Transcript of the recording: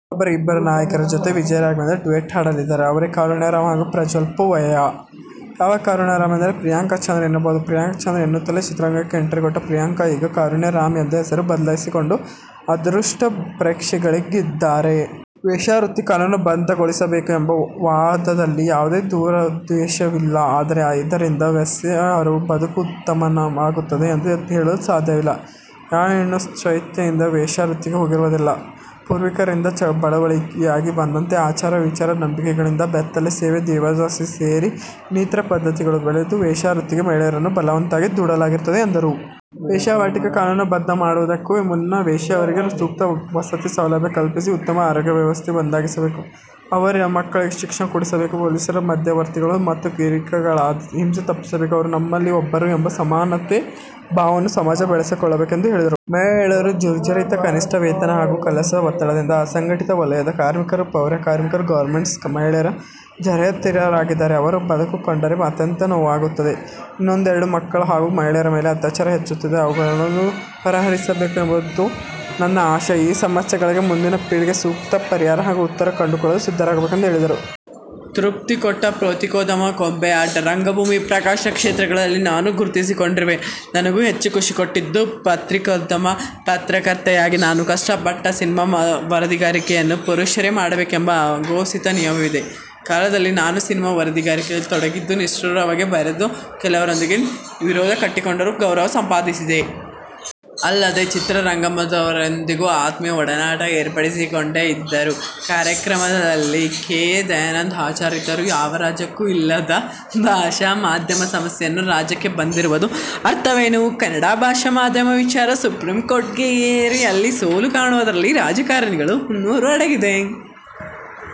ಬರೋಬ್ಬರಿ ಇಬ್ಬರು ನಾಯಕಿಯರ ಜೊತೆ ವಿಜಯ ರಾಘವೇಂದ್ರ ಡ್ಯುಯೆಟ್ ಹಾಡಲಿದ್ದಾರೆ. ಅವರೇ ಕಾರುಣ್ಯ ರಾಂ ಹಾಗೂ ಪ್ರಜ್ವಲ್ ಪೂವಯ್ಯ. ಯಾವ ಕಾರುಣ್ಯ ರಾಂ ಎಂದರೆ ಪ್ರಿಯಾಂಕಾ ಚಂದ್ರ ಎನ್ನಬಹುದು. ಪ್ರಿಯಾಂಕಾ ಚಂದ್ರ ಎನ್ನುತ್ತಲೇ ಚಿತ್ರರಂಗಕ್ಕೆ ಎಂಟ್ರಿಕೊಟ್ಟ ಪ್ರಿಯಾಂಕಾ ಈಗ ಕಾರುಣ್ಯ ರಾಂ ಎಂದು ಹೆಸರು ಬದಲಿಸಿಕೊಂಡು ಅದೃಷ್ಟ ಪರೀಕ್ಷೆಗಿಳಿದಿದ್ದಾರೆ. ವೇಶ್ಯಾವೃತ್ತಿ ಕಾನೂನುಬದ್ಧಗೊಳಿ ಸಬೇಕು ಎಂಬ ವಾದಲ್ಲಿ ಯಾವುದೇ ದುರುದೇಶವಿಲ್ಲ. ಆದರೆ, ಇದರಿಂದ ವೇಶ್ಯೆಯರ ಬದುಕು ಉತ್ತಮವಾ ಗುತ್ತದೆ ಎಂದು ಹೇಳಲು ಸಾಧ್ಯವಿಲ್ಲ. ಯಾವ ಹೆಣ್ಣೂ ಸ್ವಯಿಚ್ಛೆಯಿಂದ ವೇಶ್ಯಾವೃತ್ತಿಗೆ ಹೋಗಿರುವುದಿಲ್ಲ. ಪೂರ್ವಿಕರಿಂದ ಬಳುವಳಿಯಾಗಿ ಬಂದಂತೆ ಆಚಾರ, ವಿಚಾರ, ನಂಬಿಕೆಗಳಿಂದ ಬೆತ್ತಲೆ ಸೇವೆ, ದೇವದಾಸಿ ಸೇರಿ ಇನ್ನಿತರ ಪದ್ದತಿಗಳು ಬೆಳೆದು ವೇಶ್ಯಾವೃತ್ತಿಗೆ ಮಹಿಳೆಯರನ್ನು ಬಲವಂತವಾಗಿ ದೂಡಲಾಗಿರುತ್ತದೆ ಎಂದರು. ವೇಶ್ಯಾವಾಟಿಕೆ ಕಾನೂನು ಬದ್ಧ ಮಾಡುವುದಕ್ಕೂ ಮುನ್ನ ವೇಶ್ಯೆಯರಿಗೆ ಸೂಕ್ತ ವಸತಿ ಸೌಲಭ್ಯ ಕಲ್ಪಿಸಿ, ಉತ್ತಮ ಆರೋಗ್ಯ ವ್ಯವಸ್ಥೆ ಒದಗಿಸಬೇಕು. ಅವರ ಮಕ್ಕಳಿಗೆ ಶಿಕ್ಷಣ ಕೊಡಿಸಬೇಕು. ಪೊಲೀಸರು, ಮಧ್ಯವರ್ತಿಗಳು ಮತ್ತು ಗಿರಾಕಿಗಳಿಂದ ಹಿಂಸೆ ತಪ್ಪಿಸಿಸಬೇಕು. ಅವರೂ ನಮ್ಮಲ್ಲಿ ಒಬ್ಬರು ಎಂಬ ಸಮಾನತೆ ಭಾವವನ್ನು ಸಮಾಜ ಬೆಳೆಸಿಕೊಳ್ಳಬೇಕು ಎಂದು ಹೇಳಿದರು. ಮಹಿಳೆಯರು ಜರ್ಝರಿತ: ಕನಿಷ್ಠ ವೇತನ ಹಾಗೂ ಕೆಲಸದ ಒತ್ತಡದಿಂದ ಅಸಂಘಟಿತ ವಲಯದ ಕಾರ್ಮಿಕರು, ಪೌರಕಾರ್ಮಿಕರು, ಗಾರ್ಮೆಂಟ್ಸ್ ಮಹಿಳೆಯರು ಜರ್ಝರಿತರಾಗಿದ್ದಾರೆ. ಅವರ ಬದಕು ಕಂಡರೆ ಅತ್ಯಂತ ನೋವಾಗುತ್ತದೆ. ಇನ್ನೊಂದೆಡೆ ಮಕ್ಕಳ ಹಾಗೂ ಮಹಿಳೆಯರ ಮೇಲೆ ಅತ್ಯಾಚಾರ ಹೆಚ್ಚುತ್ತಿದೆ. ಇವುಗಳನ್ನು ಪರಿಹರಿಸಬೇಕು ಎಂಬುದು ನನ್ನ ಆಶಯ. ಈ ಸಮಸ್ಯೆಗಳಿಗೆ ಮುಂದಿನ ಪೀಳಿಗೆ ಸೂಕ್ತ ಪರಿಹಾರ ಹಾಗೂ ಉತ್ತರ ಕಂಡುಕೊಳ್ಳಲು ಸಿದ್ಧರಾಗಬೇಕು ಎಂದು ಹೇಳಿದರು. ತೃಪ್ತಿಕೊಟ್ಟ ಪತ್ರಿಕೋದ್ಯಮ: ಗೊಂಬೆಯಾಟ, ರಂಗಭೂಮಿ, ಪ್ರಕಾಶನ ಕ್ಷೇತ್ರಗಳಲ್ಲಿ ನಾನು ಗುರುತಿಸಿಕೊಂಡರೂ, ನನಗೆ ಹೆಚ್ಚು ಖುಷಿಕೊಟ್ಟದ್ದು ಪತ್ರಿಕೋದ್ಯಮ. ಪತ್ರಕರ್ತೆಯಾಗಿ ನಾನು ಕಷ್ಟಪಟ್ಟೆ. ಸಿನಿಮಾ ವರದಿಗಾರಿಕೆಯನ್ನು ಪುರುಷರೇ ಮಾಡಬೇಕು ಎಂಬ ಅಘೋಷಿತ ನಿಯಮವಿದ್ದ ಕಾಲದಲ್ಲಿ ನಾನು ಸಿನಿಮಾ ವರದಿಗಾರಿಕೆಯಲ್ಲಿ ತೊಡಗಿದೆ. ನಿಷ್ಠುರವಾಗಿ ಬರೆದು ಕೆಲವರೊಂದಿಗೆ ವಿರೋಧ ಕಟ್ಟಿಕೊಂಡರೂ ಗೌರವ ಸಂಪಾದಿಸಿದೆ. ಅಲ್ಲದೆ, ಚಿತ್ರರಂಗವರೊಂದಿಗೆ ಆತ್ಮೀಯ ಒಡನಾಟ ಏರ್ಪಡಿಸಿಕೊಂಡೆ ಎಂದರು. ಕಾರ್ಯಕ್ರಮದಲ್ಲಿ ಕೆ. ಎ. ದಯಾನಂದ ಹಾಜರಿದ್ದರು. ಯಾವ ರಾಜ್ಯಕ್ಕೂ ಇಲ್ಲದ ಭಾಷಾ ಮಾಧ್ಯಮ ಸಮಸ್ಯೆ ನಮ್ಮ ರಾಜ್ಯಕ್ಕೆ ಬಂದಿರುವುದರ ಅರ್ಥವೇನು? ಕನ್ನಡ ಭಾಷಾ ಮಾಧ್ಯಮ ವಿಚಾರ ಸುಪ್ರಿಂ ಕೋರ್ಟ್ವರೆಗೆ ಏರಿ, ಅಲ್ಲಿ ಸೋಲು ಕಾಣುವುದರಲ್ಲಿ ರಾಜಕಾರಣಿಗಳ ಹುನ್ನಾರ ಅಡಗಿದೆ.